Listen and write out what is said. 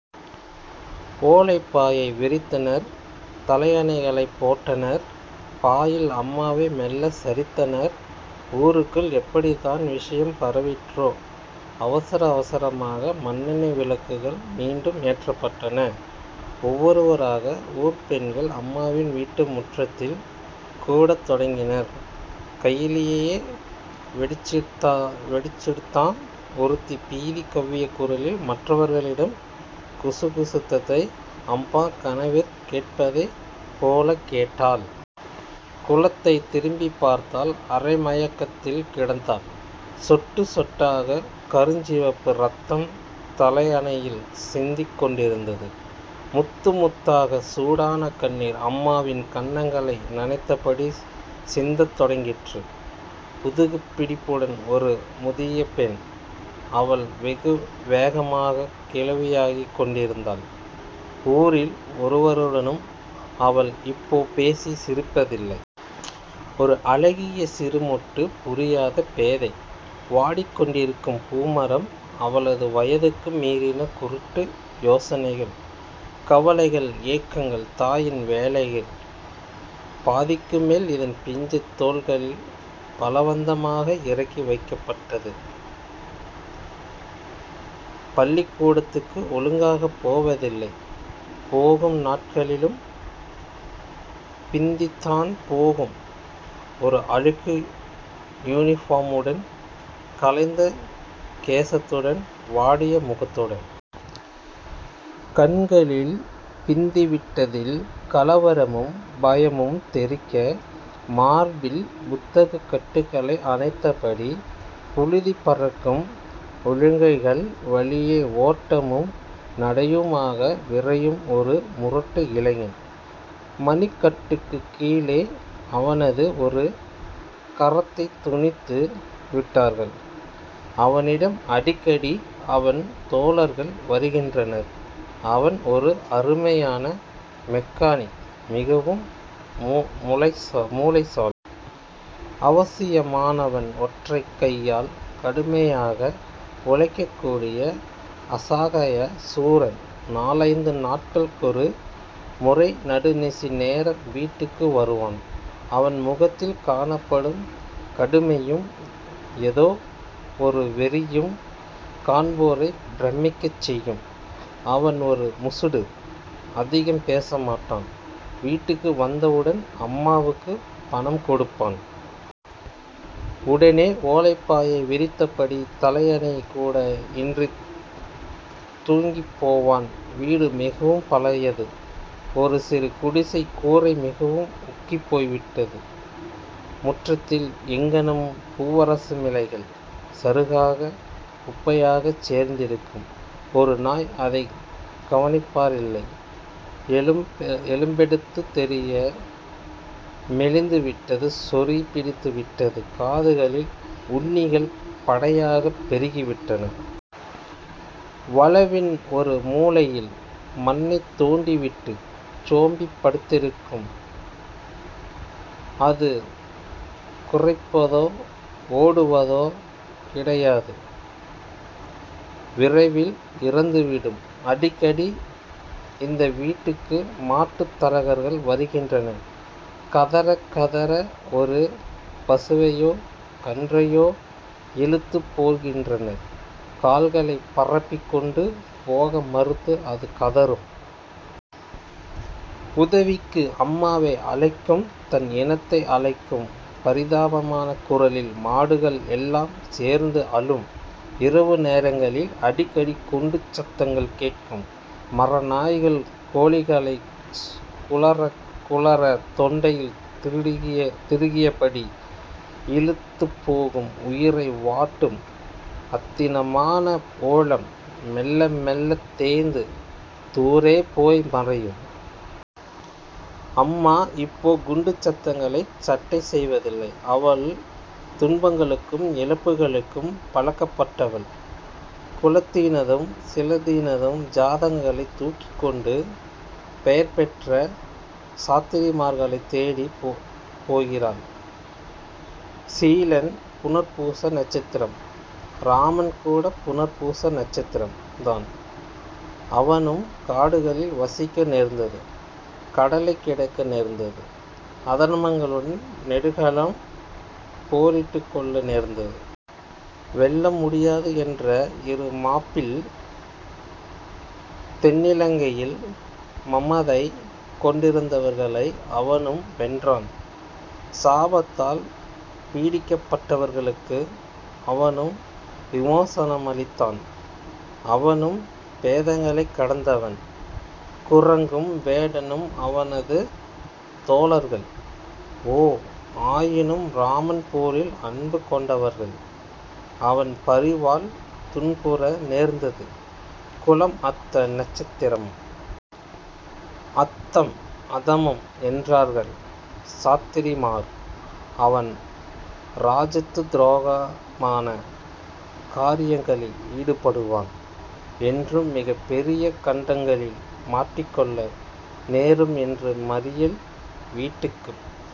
ஓலைப்பாயை விரித்தனர். தலையணைகளைப் போட்டனர். பாயில் அம்மாவை மெல்லச் சரித்தனர். ஊருக்குள் எப்படித்தான் விஷயம் பரவிற்றோ? அவசர அவசரமாக மண்ணெண்ணெய் விளக்குகள் மீண்டும் ஏற்றப்பட்டன. ஒவ்வொருவராக ஊர்ப் பெண்கள் அம்மாவின் வீட்டு முற்றத்தில் கூடத்தொடங்கினர். கையிலையே வெடிச்சிடுத்தாம். ஒருத்தி பீதி கவ்விய குரலில் மற்றவளிடம் குசுகுசுத்ததை அம்மா கனவிற் கேட்பதைப் போலக் கேட்டாள். குலத்தைத் திரும்பிப் பார்த்தாள். அரை மயக்கத்தில் கிடந்தான். சொட்டு சொட்டாக கருஞ்சிவப்பு இரத்தம் தலையணையில் சிந்திக் கொண்டிருந்தது. முத்து முத்தாக சூடான கண்ணீர் அம்மாவின் கன்னங்களை நனைத்தபடி சிந்தத் தொடங்கிற்று. முதுகுப் பிடிப்புடன் ஒரு முதியபெண். அவள் வெகுவேகமாகக் கிழவியாகிக் கொண்டிருந்தாள். ஊரில் ஒருவருடனும் அவள் இப்போ பேசிச் சிரிப்பதில்லை. ஒரு அழகிய சிறுமொட்டு. புரியாத பேதை. வாடிக்கொண்டிருக்கும் பூமரம். அவளது வயதுக்கு மீறின குருட்டு யோசனைகள். கவலைகள் ஏக்கங்கள். தாயின் வேலையில் பாதிக்குமேல் இதன் பிஞ்சுத் தோள்களில் பலவந்தமாக இறக்கி வைக்கப்பட்டது. பள்ளிக்கூடத்துக்கு ஒழுங்காகப் போவதில்லை. போகும் நாட்களிலும் பிந்தித்தான் போகும். ஒரு அழுக்கு யூனிபோமுடன் கலைந்த கேசத்துடன் வாடிய முகத்துடன். கண்களில் பிந்திவிட்டதில் கலவரமும் பயமும் தெறிக்க மார்பில் புத்தகக் கட்டுக்களை அணைத்தபடி புழுதி பறக்கும் ஒழுங்கைகள் வழியே ஓட்டமும் நடையுமாக விரையும். ஒரு முரட்டு இளைஞன். மணிக்கட்டுக்குக் கீழே அவனது ஒரு கரத்தைத் துணித்து விட்டார்கள். அவனிடம் அடிக்கடி அவன் தோழர்கள் வருகின்றனர். அவன் ஒரு அருமையான மெக்கானிக் மிகவும் மூளைசாலி. அவசியமானவன். ஒற்றைக் கையால் கடுமையாக உழைக்கக்கூடிய அசாகய சூரன். நாலைந்து நாட்களுக்கொரு முறை நடுநிசி நேரம் வீட்டுக்கு வருவான். அவன் முகத்தில் காணப்படும் கடுமையும். எதோ ஒரு வெறியும் காண்போரைப் பிரமிக்கச் செய்யும். அவன் ஒரு முசுடு. அதிகம் பேசமாட்டான். வீட்டுக்கு வந்தவுடன் அம்மாவுக்குப் பணம் கொடுப்பான். உடனே ஓலைப்பாயை விரித்தபடி தலையனைகூட இன்றித் தூங்கிப்போவான். வீடு மிகவும் பழையது. ஒரு சிறு குடிசை கூரை மிகவும் உக்கிப் போய்விட்டது. முற்றத்தில் எங்கணும் பூவரசமிலைகள் சருகாக குப்பையாகச் சேர்ந்திருக்கும். ஒரு நாய். அதைக் கவனிப்பாரில்லை. எலும்பெடுத்துத் தெரிய மெலிந்துவிட்டது. சொறி பிடித்துவிட்டது. காதுகளில் உண்ணிகள் படையாகப் பெருகிவிட்டன. வளவின் ஒரு மூலையில் மண்ணைத் தோண்டிவிட்டுச் சோம்பிப் படுத்திருக்கும். அது குரைப்பதோ ஓடுவதோ கிடையாது விரைவில் இறந்துவிடும். அடிக்கடி இந்த வீட்டுக்கு மாட்டுத் தரகர்கள் வருகின்றனர். கதறக் கதற ஒரு பசுவையோ கன்றையோ இழுத்துப் போகின்றனர். கால்களைப் பரப்பிக் கொண்டு, போக மறுத்து அது கதறும். உதவிக்கு அம்மாவை அழைக்கும். தன் இனத்தை அழைக்கும். பரிதாபமான குரலில் மாடுகள் எல்லாம் சேர்ந்து அழும். இரவு நேரங்களில் அடிக்கடி குண்டுச் சத்தங்கள் கேட்கும் மரநாய்கள் கோழிகளைக் குழறக் குழற தொண்டையில் திருகியபடி இழுத்துப்போகும். உயிரை வாட்டும் அத்தீனமான ஓலம் மெல்ல மெல்லத் தேய்ந்து தூரே போய் மறையும். அம்மா இப்போ குண்டுச் சத்தங்களைச் சட்டை செய்வதில்லை. அவள் துன்பங்களுக்கும் இழப்புகளுக்கும் பழக்கப்பட்டவள். குலத்தினதும் சீலனினதும் ஜாதகங்களைத் தூக்கிக்கொண்டு பெயர் பெற்ற சாத்திரிமார்களைத் தேடிப் போகிறாள். சீலன் புனர்பூச நட்சத்திரம் ராமன் கூடப் புனர்பூச நட்சத்திரம் தான் அவனும் காடுகளில் வசிக்க நேர்ந்தது கடலைக் கிடக்க நேர்ந்தது அதர்மர்களுடன் நெடூகலும் போரிட்டுக் கொள்ள நேர்ந்தது. வெல்ல முடியாது என்ற இறுமாப்பில் தென்னிலங்கையில் மமதை கொண்டிருந்தவர்களை அவனும் வென்றான் சாபத்தால் பீடிக்கப்பட்டவர்களுக்கு அவனும் விமோசனமளித்தான் அவனும் பேதங்களைக் கடந்தவன் குரங்கும் வேடனும் அவனது தோழர்கள் ஓ ஆயினும் ராமன் போரில் அன்பு கொண்டவர்கள் அவன் பரிவால் துன்புற நேர்ந்தது. குலம் அத்த நட்சத்திரம். அத்தம் அதமம் என்றார்கள் சாத்திரிமார். அவன் ராஜத்துதுரோகமான காரியங்களில ஈடுபடுவான் என்றும்.. மிகப் பெரிய கண்டங்களில் மாட்டிக்கொள்ள நேரும் என்றும் மறியல் வீட்டுக்குப்